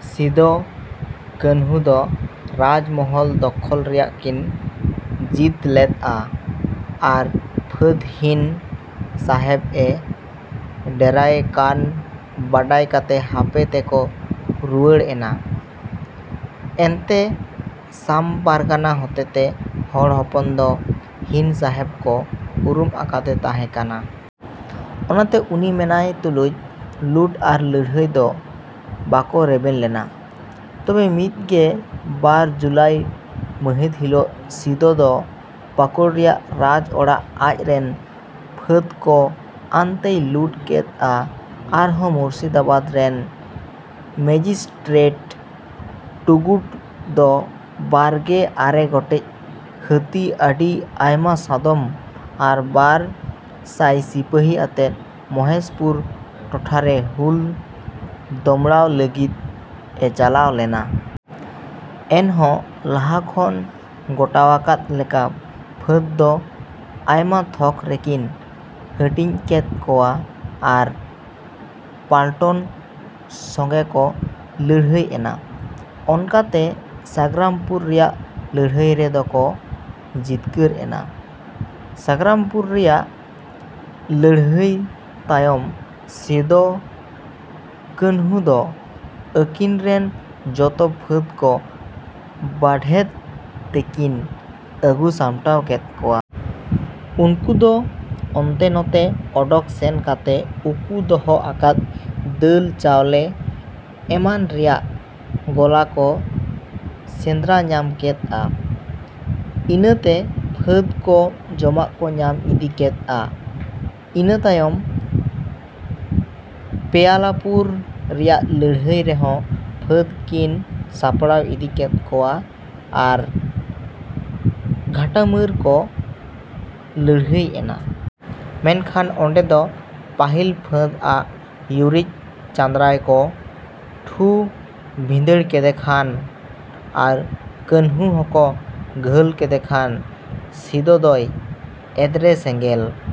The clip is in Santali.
ᱥᱤᱫᱚ ᱠᱟᱹᱱᱦᱩ ᱫᱚ ᱨᱟᱡᱽ ᱢᱚᱦᱚᱞ ᱫᱚᱠᱷᱚᱞ ᱨᱮᱭᱟᱜ ᱠᱤᱱ ᱡᱤᱫᱽ ᱞᱮᱫ-ᱟ ᱟᱨ ᱯᱷᱟᱹᱫᱽ ᱦᱤᱱ ᱥᱟᱦᱮᱵᱽ ᱮ ᱰᱮᱨᱟᱭᱮ ᱠᱟᱱ ᱵᱟᱰᱟᱭ ᱠᱟᱛᱮ ᱦᱟᱯᱮ ᱛᱮᱠᱚ ᱨᱩᱣᱟᱹᱲ ᱮᱱᱟ᱾ ᱮᱱᱛᱮ ᱥᱟᱢ ᱯᱟᱨᱜᱟᱱᱟ ᱦᱚᱛᱮᱛᱮ ᱦᱚᱲ ᱦᱚᱯᱚᱱ ᱫᱚ ᱦᱤᱱ ᱥᱟᱦᱮᱵᱽ ᱠᱚ ᱩᱨᱩᱢ ᱟᱠᱟᱫᱮ ᱛᱟᱦᱮᱸ ᱠᱟᱱᱟ᱾ ᱚᱱᱟᱛᱮ ᱩᱱᱤ ᱢᱮᱱᱟᱭ ᱛᱩᱞᱩᱡ ᱞᱩᱴ ᱟᱨ ᱞᱟᱹᱲᱦᱟᱹᱭ ᱫᱚ ᱵᱟᱠᱚ ᱨᱮᱵᱮᱱ ᱞᱮᱱᱟ᱾ ᱛᱚᱵᱮ ᱢᱤᱫ ᱜᱮ ᱵᱟᱨ ᱡᱩᱞᱟᱭ ᱢᱟᱹᱦᱤᱛ ᱦᱤᱞᱚᱜ ᱥᱤᱫᱚ ᱫᱚ ᱯᱟᱠᱳᱲ ᱨᱮᱭᱟᱜ ᱨᱟᱡᱽ ᱚᱲᱟᱜ ᱟᱡ ᱨᱮᱱ ᱯᱷᱟᱹᱫᱽ ᱠᱚ ᱟᱱᱛᱮᱭ ᱞᱩᱴ ᱠᱮᱫ-ᱟ ᱟᱨ ᱦᱚᱸ ᱢᱩᱨᱥᱤᱫᱟᱵᱟᱫᱽ ᱨᱮᱱ ᱢᱮᱡᱤᱥᱴᱨᱮᱴ ᱴᱩᱜᱩᱰ ᱫᱚ ᱵᱟᱨ ᱜᱮ ᱟᱨᱮ ᱜᱚᱴᱮᱡ ᱦᱟᱹᱛᱤ ᱟᱹᱰᱤ ᱟᱭᱢᱟ ᱥᱟᱫᱚᱢ ᱟᱨ ᱵᱟᱨ ᱥᱟᱭ ᱥᱤᱯᱟᱹᱦᱤ ᱟᱛᱮ ᱢᱚᱦᱮᱥᱯᱩᱨ ᱴᱚᱴᱷᱟᱨᱮ ᱦᱩᱞ ᱫᱚᱢᱲᱟᱣ ᱞᱟᱹᱜᱤᱫ ᱮ ᱪᱟᱞᱟᱣ ᱞᱮᱱᱟ᱾ ᱮᱱᱦᱚᱸ ᱞᱟᱦᱟ ᱠᱷᱚᱱ ᱜᱚᱴᱟᱣᱟᱠᱟᱫ ᱞᱮᱠᱟ ᱯᱷᱟᱹᱫᱽ ᱫᱚ ᱟᱭᱢᱟ ᱛᱷᱚᱠ ᱨᱮᱠᱤᱱ ᱦᱟᱹᱴᱤᱧ ᱠᱮᱫ ᱠᱚᱣᱟ ᱟᱨ ᱯᱟᱞᱴᱚᱱ ᱥᱚᱸᱜᱮ ᱠᱚ ᱞᱟᱹᱲᱦᱟᱹᱭ ᱮᱱᱟ᱾ ᱚᱱᱠᱟᱛᱮ ᱥᱟᱜᱽᱨᱟᱢᱯᱩᱨ ᱨᱮᱭᱟᱜ ᱞᱟᱹᱲᱦᱟᱹᱭ ᱨᱮ ᱫᱚᱠᱚ ᱡᱤᱛᱠᱟᱹᱨ ᱮᱱᱟ᱾ ᱥᱟᱜᱽᱨᱟᱢᱯᱩᱨ ᱨᱮᱭᱟᱜ ᱞᱟᱹᱲᱦᱟᱹᱭ ᱛᱟᱭᱚᱢ ᱥᱤᱫᱚ ᱠᱟᱹᱱᱦᱩ ᱫᱚ ᱟᱹᱠᱤᱱ ᱨᱮᱱ ᱡᱚᱛᱚ ᱯᱷᱟᱹᱫᱽ ᱠᱚ ᱵᱟᱰᱷᱮᱫ ᱛᱮᱠᱤᱱ ᱟᱹᱜᱩ ᱥᱟᱢᱴᱟᱣ ᱠᱮᱫ ᱠᱚᱣᱟ᱾ ᱩᱱᱠᱩ ᱫᱚ ᱚᱱᱛᱮ ᱱᱚᱛᱮ ᱚᱰᱚᱠ ᱥᱮᱱ ᱠᱟᱛᱮ ᱩᱠᱩ ᱫᱚᱦᱚ ᱟᱠᱟᱫ ᱫᱟᱹᱞ ᱪᱟᱣᱞᱮ ᱮᱢᱟᱱ ᱨᱮᱭᱟᱜ ᱜᱚᱞᱟ ᱠᱚ ᱥᱮᱸᱫᱽᱨᱟ ᱧᱟᱢ ᱠᱮᱫ-ᱟ᱾ᱤᱱᱟᱹᱛᱮ ᱯᱷᱟᱹᱫᱽ ᱠᱚ ᱡᱚᱢᱟᱜ ᱠᱚ ᱧᱟᱢ ᱤᱫᱤ ᱠᱮᱫ-ᱟ᱾ ᱤᱱᱟᱹ ᱛᱟᱭᱚᱢ ᱯᱮᱭᱟᱞᱟᱯᱩᱨ ᱨᱮᱭᱟᱜ ᱞᱟᱹᱲᱦᱟᱹᱭ ᱨᱮᱦᱚᱸ ᱯᱷᱟᱹᱫᱽ ᱠᱤᱱ ᱥᱟᱯᱲᱟᱣ ᱤᱫᱤ ᱠᱮᱫ ᱠᱚᱣᱟ ᱟᱨ ᱜᱷᱟᱴᱟᱢᱟᱹᱨ ᱠᱚ ᱞᱟᱹᱲᱦᱟᱹᱭ ᱮᱱᱟ᱾ ᱢᱮᱱᱠᱷᱟᱱ ᱚᱸᱰᱮ ᱫᱚ ᱯᱟᱹᱦᱤᱞ ᱯᱷᱟᱹᱫᱽ ᱟᱜ ᱭᱩᱨᱤᱡ ᱪᱟᱸᱫᱽᱨᱟᱭ ᱠᱚ ᱴᱷᱩ ᱵᱷᱤᱸᱫᱟᱹᱲ ᱠᱮᱫᱮ ᱠᱷᱟᱱ ᱟᱨ ᱠᱟᱹᱱᱦᱩ ᱦᱚᱸᱠᱚ ᱜᱷᱟᱹᱞ ᱠᱮᱫᱮ ᱠᱷᱟᱱ ᱥᱤᱫᱚ ᱫᱚᱭ ᱮᱫᱽᱨᱮ ᱥᱮᱸᱜᱮᱞ᱾